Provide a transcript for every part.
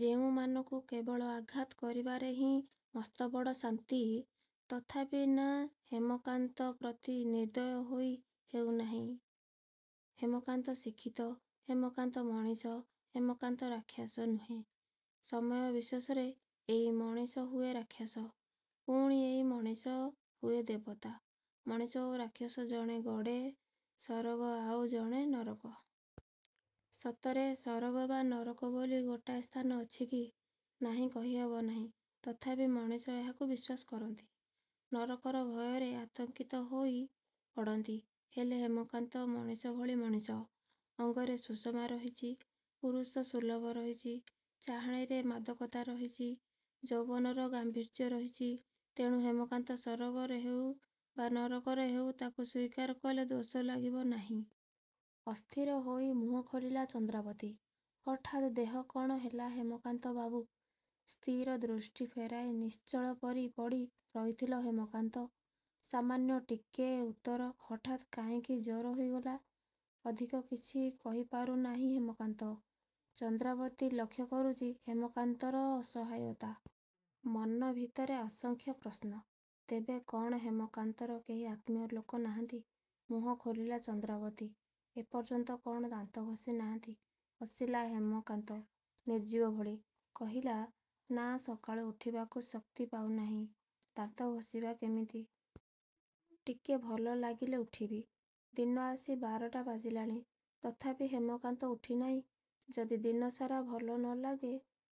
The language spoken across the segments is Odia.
ଯେଉଁମାନଙ୍କୁ କେବଳ ଆଘାତ କରିବାରେ ହିଁ ମସ୍ତବଡ଼ ଶାନ୍ତି, ତଥାପି ନାଁ ହେମକାନ୍ତ ପ୍ରତି ନିର୍ଦୟ ହୋଇ ହେଉନାହିଁ। ହେମକାନ୍ତ ଶିକ୍ଷିତ, ହେମକାନ୍ତ ମଣିଷ, ହେମକାନ୍ତ ରାକ୍ଷସ ନୁହେଁ। ସମୟ ବିଶେଷରେଏଇ ମଣିଷ ହୁଏ ରାକ୍ଷସ, ପୁଣି ଏଇ ମଣିଷ ହୁଏ ଦେବତା। ମଣିଷ ଓ ରାକ୍ଷସ ଜଣେ ଗଢ଼େ ସରଗ ଆଉ ଜଣେ ନରକ। ସତରେ ସରଗ ବା ନରକ ବୋଲି ଗୋଟାଏ ସ୍ଥାନ ଅଛି କି ନାହିଁ କହି ହେବନାହିଁ। ତଥାପି ମଣିଷ ଏହାକୁ ବିଶ୍ୱାସ କରନ୍ତି। ନରକର ଭୟରେ ଆତଙ୍କିତ ହୋଇ ପଡ଼ନ୍ତି। ହେଲେ ହେମକାନ୍ତ ମଣିଷ ଭଳି ମଣିଷ, ଅଙ୍ଗରେ ସୁଷମା ରହିଛି, ପୁରୁଷ ସୁଲଭ ରହିଛି, ଚାହାଣୀରେ ମାଦକତା ରହିଛି, ଯୌବନର ଗାମ୍ଭୀର୍ଯ୍ୟ ରିହିଛି, ତେଣୁ ହେମକାନ୍ତ ସରଗର ହେଉ ବା ନରକର ହେଉ ତାକୁ ସ୍ୱୀକାର କଲେ ଦୋଷ ଲାଗିବ ନାହିଁ। ଅସ୍ଥିର ହୋଇ ମୁହଁ ଖୋଲିଲା ଚନ୍ଦ୍ରାବତୀ, ହଠାତ୍ ଦେହ କଣ ହେଲା ହେମକାନ୍ତ ବାବୁ? ସ୍ଥିର ଦୃଷ୍ଟି ଫେରାଇ ନିଶ୍ଚଳ ପରି ପଡ଼ି ରହିଥିଲ ହେମକାନ୍ତ ସାମାନ୍ୟ ଟିକିଏ ଉତ୍ତର ହଠାତ୍ କାହିଁକି ଜର ହୋଇଗଲା ଅଧିକ କିଛି କହିପାରୁ ନାହିଁ ହେମକାନ୍ତ। ଚନ୍ଦ୍ରାବତୀ ଲକ୍ଷ୍ୟ କରୁଛି ହେମକାନ୍ତର ଅସହାୟତା। ମନଭିତରେ ଅସଂଖ୍ୟ ପ୍ରଶ୍ନ, ତେବେ କଣ ହେମାକନ୍ତଙ୍କର କେହି ଆତ୍ମୀୟ ଲୋକ ନାହାନ୍ତି? ମୁହଁ ଖୋଲିଲା ଚନ୍ଦ୍ରାବତୀ ଏ ପର୍ଯ୍ୟନ୍ତ କଣ ଦାନ୍ତ ଘଷି ନାହାଁନ୍ତି? ହସିଲା ହେମକାନ୍ତ ନିର୍ଜୀବ ଭଳି। କହିଲା ନାଁ ସକାଳୁ ଉଠିବାକୁ ଶକ୍ତି ପାଉନାହିଁ। ଦାନ୍ତ ଘଷିବା କେମିତି? ଟିକେ ଭଲ ଲାଗିଲେ ଉଠିବି। ଦିନ ଆସି ବାରଟା ବାଜିଲାଣି, ତଥାପି ହେମକାନ୍ତ ଉଠିନାହିଁ। ଯଦି ଦିନସାରା ଭଲ ନ ଲାଗେ,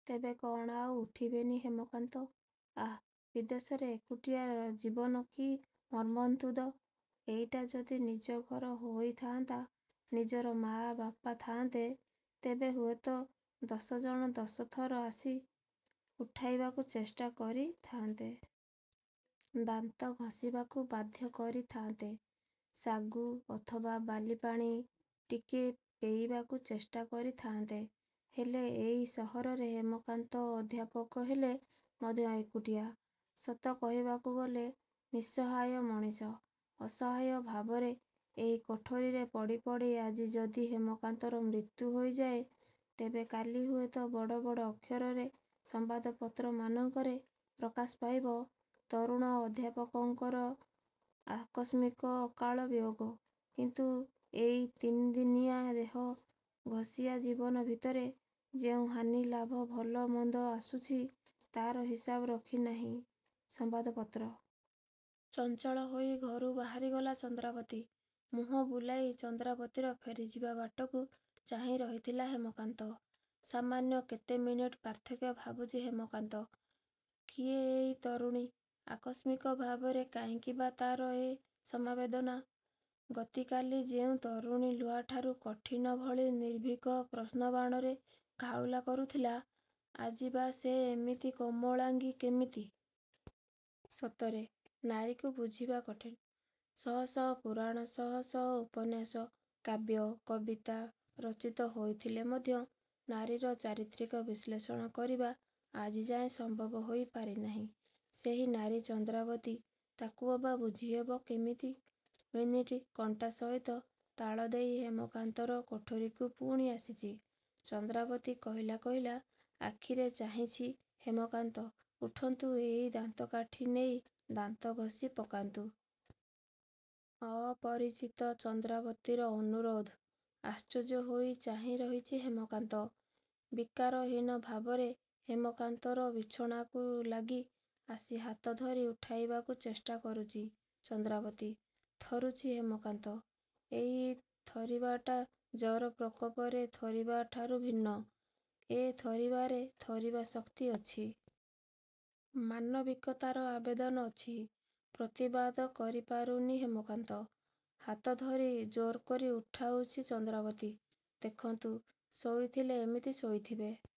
ତେବେ କ'ଣ ଆଉ ଉଠିବେନି ହେମକାନ୍ତ? ଆହା ବିଦେଶରେ ଏକୁଟିଆ ଜୀବନ କି ମର୍ମନ୍ତୁଦ। ଏଇଟା ଯଦି ନିଜ ଘର ହୋଇ ଥାଆନ୍ତା, ନିଜର ମାଆ ବାପା ଥାଆନ୍ତେ, ତେବେ ହୁଏତ ଦଶ ଜଣ ଦଶ ଥର ଆସି ଉଠାଇବାକୁ ଚେଷ୍ଟା କରି ଥାଆନ୍ତେ। ଦାନ୍ତ ଘଷିବାକୁ ବାଧ୍ୟ କରି ଥାଆନ୍ତେ, ସାଗୁ ଅଥବା ବାଲି ପାଣି ଟିକେ ପେଇବାକୁ ଚେଷ୍ଟା କରି ଥାଆନ୍ତେ, ହେଲେ ଏଇ ସହରରେ ହେମକାନ୍ତ ଅଧ୍ୟାପକ ହେଲେ ମଧ୍ୟ ଏକୁଟିଆ। ସତ କହିବାକୁ ଗଲେ ନିଃସହାୟ ମଣିଷ। ଅସହାୟ ଭାବରେ ଏଇ କୋଠରୀରେ ପଡ଼ି ପଡ଼ି ଆଜି ଯଦି ହେମକାନ୍ତର ମୃତ୍ୟୁ ହୋଇଯାଏ, ତେବେ କାଲି ହୁଏତ ବଡ଼ ବଡ଼ ଅକ୍ଷରରେ ସମ୍ବାଦପତ୍ରମାନଙ୍କରେ ପ୍ରକାଶ ପାଇବ ତରୁଣ ଅଧ୍ୟାପକଙ୍କର ଆକସ୍ମିକ ଅକାଳ ବିୟୋଗ କିନ୍ତୁ ଏଇ ନିତିଦିନିଆ ଦେହ ଘଷିଆ ଜୀବନ ଭିତରେ ଯେଉଁ ହାନି ଲାଭ, ଭଲ ମନ୍ଦ ଆସୁଛି ତା'ର ହିସାବ ରଖୁନାହିଁ ସମ୍ବାଦପତ୍ର। ଚଞ୍ଚଳ ହୋଇ ଘରୁ ବାହାରିଗଲା ଚନ୍ଦ୍ରାବତୀ। ମୁହଁ ବୁଲାଇ ଚନ୍ଦ୍ରାବତୀର ଫେରିଯିବା ବାଟକୁ ଚାହିଁ ରହିଥିଲା ହେମକାନ୍ତ ସାମାନ୍ୟ କେତେ ମିନିଟ୍ର ପାର୍ଥକ୍ୟ ଭାବୁଛି ହେମକାନ୍ତ। କିଏ ଏଇ ତରୁଣୀ? ଆକସ୍ମିକ ଭାବରେ କାହିଁକି ବା ତା'ର ଏ ସମବେଦନା? ଗତି କାଲି ଯେଉଁ ତରୁଣୀ ଲୁହାଠାରୁ କଠିନ ଭଳି ନିର୍ଭିକ ପ୍ରଶ୍ନବାଣରେ ଘାଉଲା କରୁଥିଲା, ଆଜି ବା ସେ ଏମିତି କୋମଳାଙ୍ଗୀ କେମିତି? ସତରେ, ନାରୀକୁ ବୁଝିବା କଠିନ୍। ଶହ ଶହ ପୁରାଣ, ଶହ ଶହ ଉପନ୍ୟାସ, କାବ୍ୟ, କବିତା, ରଚିତ ହୋଇଥିଲେ ମଧ୍ୟ ନାରୀର ଚାରିତ୍ରିକ ବିଶ୍ଳେଷଣ କରିବା ଆଜିଯାଏ ସମ୍ଭବ ହୋଇ ପାରିନାହିଁ। ସେହି ନାରୀ ଚନ୍ଦ୍ରାବତୀ ତାକୁ ଅବା ବୁଝି ହେବ କେମିତି? ମିନିଟ୍ର କଣ୍ଟା ସହିତ ତାଳ ଦେଇ ହେମକାନ୍ତର କୋଠରୀକୁ ପୁଣି ଆସିଛି ,ଚନ୍ଦ୍ରାବତୀ କହିଲା କହିଲା ଆଖିରେ ଚାହିଁଛି ହେମକାନ୍ତ ଉଠନ୍ତୁ, ଏଇ ଦାନ୍ତକାଠି ନେଇ ଦାନ୍ତ ଘଷି ପକାନ୍ତୁ। ଅପରିଚିତ ଚନ୍ଦ୍ରାବତୀର ଅନୁରୋଧ। ଆଶ୍ଚର୍ଯ୍ୟ ହୋଇ ଚାହିଁରହିଛି ହେମକାନ୍ତ। ବିକାରହୀନ ଭାବରେ ହେମକାନ୍ତର ବିଛଣାକୁ ଲାଗି ଆସି ହାତ ଧରି ଉଠାଇବାକୁ ଚେଷ୍ଟା କରୁଛି ଚନ୍ଦ୍ରାବତୀ। ଥରୁଛି ହେମକାନ୍ତ। ଏ ଥରିବାଟା ଜର ପ୍ରକୋପରେ ଥରିବା ଠାରୁ ଭିନ୍ନ। ଏ ଥରିବାରେ ଥରିବା ଶକ୍ତି ଅଛି। ମାନବିକତାର ଆବେଦନ ଅଛି। ପ୍ରତିବାଦ କରି ପାରୁନି ହେମକାନ୍ତ। ହାତ ଧରି ଜୋରକରି ଉଠାଉଛି ଚନ୍ଦ୍ରାବତୀ। ଦେଖନ୍ତୁ, ଶୋଇଥିଲେ ଏମିତି ଶୋଇଥିବେ।